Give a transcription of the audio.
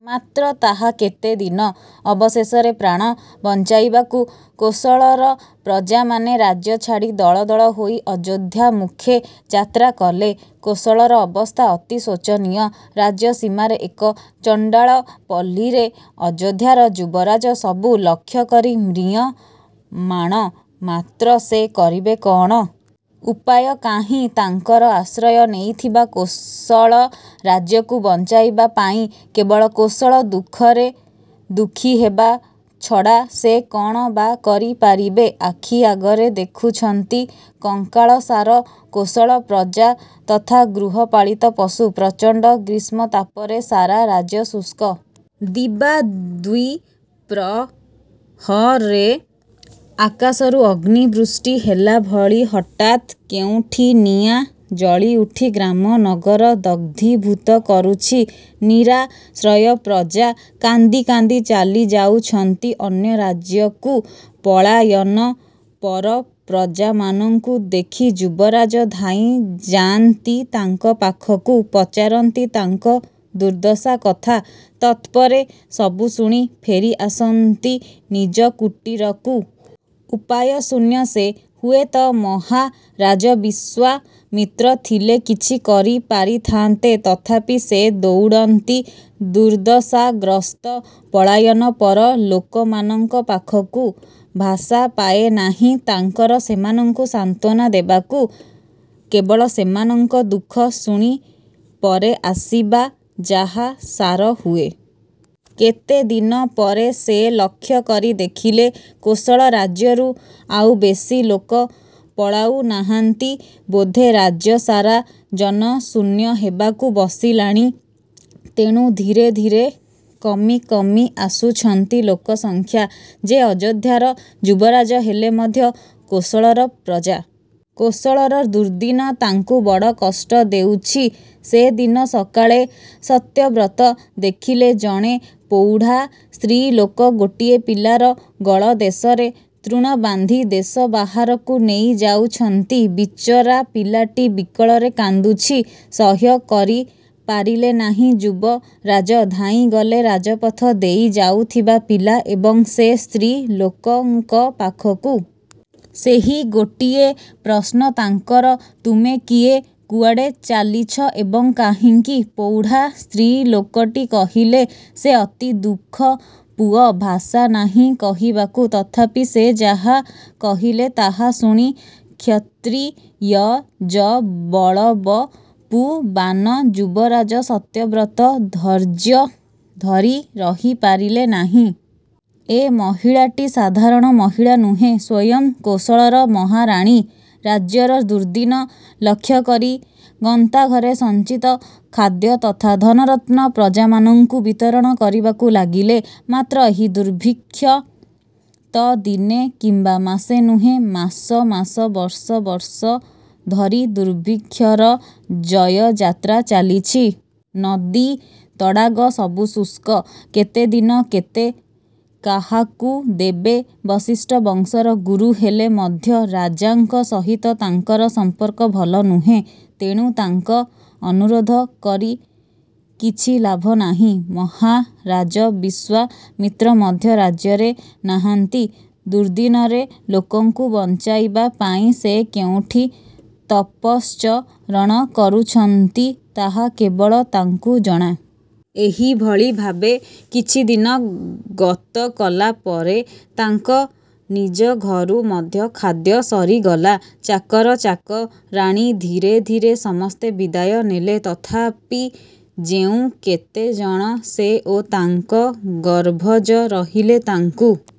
ମାତ୍ର ତାହା କେତେ ଦିନ। ଅବଶେଷରେ ପ୍ରାଣ ବଞ୍ଚାଇବାକୁ କୋଶଳର ପ୍ରଜାମାନେ ରାଜ୍ୟଛାଡ଼ି ଦଳ ଦଳ ହୋଇ ଅଯୋଧ୍ୟାମୁଖେ ଯାତ୍ରା କଲେ। କୋଶଳର ଅବସ୍ଥା ଅତି ଶୋଚନୀୟ। ରାଜ୍ୟ ସୀମାରେ ଏକ ଚଣ୍ଡାଳ ପଲ୍ଲୀରେ ଅଯୋଧ୍ୟାର ଯୁବରାଜ ସବୁ ଲକ୍ଷ୍ୟ କରି ମ୍ରିୟମାଣ; ମାତ୍ର ସେ କରିବେ କ'ଣ? ଉପାୟ କାହିଁ ତାଙ୍କର ଆଶ୍ରୟ ନେଇଥିବା କୋଶଳ ରାଜ୍ୟକୁ ବଞ୍ଚାଇବା ପାଇଁ କେବଳ କୋଶଳ ଦୁଃଖରେ ଦୁଃଖି ହେବା ଛଡ଼ା ସେ କ'ଣ ବା କରି ପାରିବେ। ଆଖି ଆଗରେ ଦେଖୁଛନ୍ତି କଙ୍କାଳସାର କୋଶଳ ପ୍ରଜା ତଥା ଗୃହପାଳିତ ପଶୁ। ପ୍ରଚଣ୍ଡ ଗ୍ରୀଷ୍ମତାପରେ ସାରା ରାଜ୍ୟ ଶୁଷ୍କ। ଦିବା ଦ୍ୱିପ୍ରହରେ ଆକାଶରୁ ଅଗ୍ନିବୃଷ୍ଟି ହେଲାଭଳି ହଠାତ୍ କେଉଁଠି ନିଆଁ ଜଳିଉଠି ଗ୍ରାମ, ନଗର ଦଗ୍ଧୀଭୂତ କରୁଛି। ନିରାଶ୍ରୟ ପ୍ରଜା କାନ୍ଦି କାନ୍ଦି ଚାଲି ଯାଉଛନ୍ତି ଅନ୍ୟ ରାଜ୍ୟକୁ। ପଳାୟନପର ପ୍ରଜାମାନଙ୍କୁ ଦେଖି ଯୁବରାଜ ଧାଇଁଯା'ନ୍ତି ତାଙ୍କ ପାଖକୁ। ପଚାରନ୍ତି ତାଙ୍କ ଦୁର୍ଦ୍ଦଶା କଥା। ତତ୍ପରେ ସବୁ ଶୁଣି ଫେରିଆସନ୍ତି ନିଜ କୁଟୀରକୁ। ଉପାୟ ଶୂନ୍ୟ ସେ। ହୁଏ ତ ମହାରାଜ ବିଶ୍ୱାମିତ୍ର ଥିଲେ କିଛି କରି ପାରିଥାନ୍ତେ। ତଥାପି ସେ ଦୌଡ଼ନ୍ତି ଦୁର୍ଦ୍ଦଶାଗ୍ରସ୍ତ ପଳାୟନପର ଲୋକମାନଙ୍କ ପାଖକୁ। ଭାଷା ପାଏ ନାହିଁ ତାଙ୍କର ସେମାନଙ୍କୁ ସାନ୍ତ୍ୱନା ଦେବାକୁ। କେବଳ ସେମାନଙ୍କ। ଦୁଃଖ ଶୁଣି ପରେ ଆସିବା ଯାହା ସାର ହୁଏ। କେତେ ଦିନ ପରେ ସେ ଲକ୍ଷ୍ୟ କରି ଦେଖିଲେ କୋଶଳ ରାଜ୍ୟରୁ ଆଉ ବେଶି ଲୋକ ପଳାଉ ନାହାନ୍ତି। ବୋଧେ ରାଜ୍ୟସାରା ଜନଶୂନ୍ୟ ହେବାକୁ ବସିଲାଣି। ତେଣୁ ଧୀରେ ଧୀରେ କମି କମି ଆସୁଛନ୍ତି ଲୋକସଂଖ୍ୟା। ଯେ ଅଯୋଧ୍ୟାର ଯୁବରାଜ ହେଲେ ମଧ୍ୟ କୋଶଳର ପ୍ରଜା। କୋଶଳର ଦୁର୍ଦ୍ଦିନ ତାଙ୍କୁ ବଡ଼ କଷ୍ଟ ଦେଉଛି। ସେଦିନ ସକାଳେ ସତ୍ୟବ୍ରତ ଦେଖିଲେ ଜଣେ ପୌଢ଼ା ସ୍ତ୍ରୀଲୋକ ଗୋଟିଏ ପିଲାର ଗଳଦେଶରେ ତୃଣବାନ୍ଧି ଦେଶ ବାହାରକୁ ନେଇ ଯାଉଛନ୍ତି। ବିଚରା ପିଲାଟି ବିକଳରେ କାନ୍ଦୁଛି। ସହ୍ୟ କରିପାରିଲେ ନାହିଁ ଯୁବରାଜ। ଧାଇଁଗଲେ ରାଜପଥ ଦେଇ ଯାଉଥିବା ପିଲା ଏବଂ ସେ ସ୍ତ୍ରୀ ଲୋକଙ୍କ ପାଖକୁ। ସେହି ଗୋଟିଏ ପ୍ରଶ୍ନ ତାଙ୍କର ତୁମେ କିଏ, କୁଆଡ଼େ ଚାଲିଛ ଏବଂ କାହିଁକି? ପୌଢ଼ା ସ୍ତ୍ରୀଲୋକଟି କହିଲେ, ସେ ଅତି ଦୁଃଖ ପୁଅ; ଭାଷା ନାହିଁ କହିବାକୁ। ତଥାପି ସେ ଯାହା କହିଲେ ତାହା ଶୁଣି କ୍ଷତ୍ରିୟଜ ବଳବପୁବାନ ଯୁବରାଜ ସତ୍ୟବ୍ରତ ଧୈର୍ଯ୍ୟଧରି ରହିପାରିଲେ ନାହିଁ। ଏ ମହିଳାଟି ସାଧାରଣ ମହିଳା ନୁହେଁ। ସ୍ୱୟଂ କୋଶଳର ମହାରାଣୀ। ରାଜ୍ୟର ଦୁର୍ଦ୍ଦିନ ଲକ୍ଷ୍ୟକରି ଗନ୍ତାଘରେ ସଞ୍ଚିତ ଖାଦ୍ୟ ତଥା ଧନରତ୍ନ ପ୍ରଜାମାନଙ୍କୁ ବିତରଣ କରିବାକୁ ଲାଗିଲେ; ମାତ୍ର ଏହି ଦୁର୍ଭିକ୍ଷ ତ ଦିନେ କିମ୍ବା ମାସେ ନୁହେଁ-ମାସ ମାସ ବର୍ଷ ବର୍ଷ ଧରି ଦୁର୍ଭିକ୍ଷର ଜୟଯାତ୍ରା ଚାଲିଛି। ନଦୀ ତଡ଼ାଗ ସବୁ ଶୁଷ୍କ। କେତେଦିନ କେତେ କାହାକୁ ଦେବେ? ବଶିଷ୍ଠ ବଂଶର ଗୁରୁ ହେଲେ ମଧ୍ୟ ରାଜାଙ୍କ ସହିତ ତାଙ୍କର ସମ୍ପର୍କ ଭଲ ନୁହେଁ। ତେଣୁ ତାଙ୍କ ଅନୁରୋଧ କରି କିଛି ଲାଭନାହିଁ। ମହାରାଜ ବିଶ୍ୱାମିତ୍ର ମଧ୍ୟ ରାଜ୍ୟରେ ନାହାନ୍ତି। ଦୁର୍ଦ୍ଦିନରେ ଲୋକଙ୍କୁ ବଞ୍ଚାଇବା ପାଇଁ ସେ କେଉଁଠି ତପଶ୍ଚରଣ କରୁଛନ୍ତି ତାହା କେବଳ ତାଙ୍କୁ ଜଣା। ଏହିଭଳି ଭାବେ କିଛିଦିନ ଗତକଲା ପରେ ତାଙ୍କ ନିଜ ଘରୁ ମଧ୍ୟ ଖାଦ୍ୟ ସରିଗଲା। ଚାକର ଚାକରାଣୀ ଧୀରେ ଧୀରେ ସମସ୍ତେ ବିଦାୟ ନେଲେ; ତଥାପି ଯେଉଁ କେତେଜଣ ସେ ଓ ତାଙ୍କ ଗର୍ଭଜ ରହିଲେ ତାଙ୍କୁ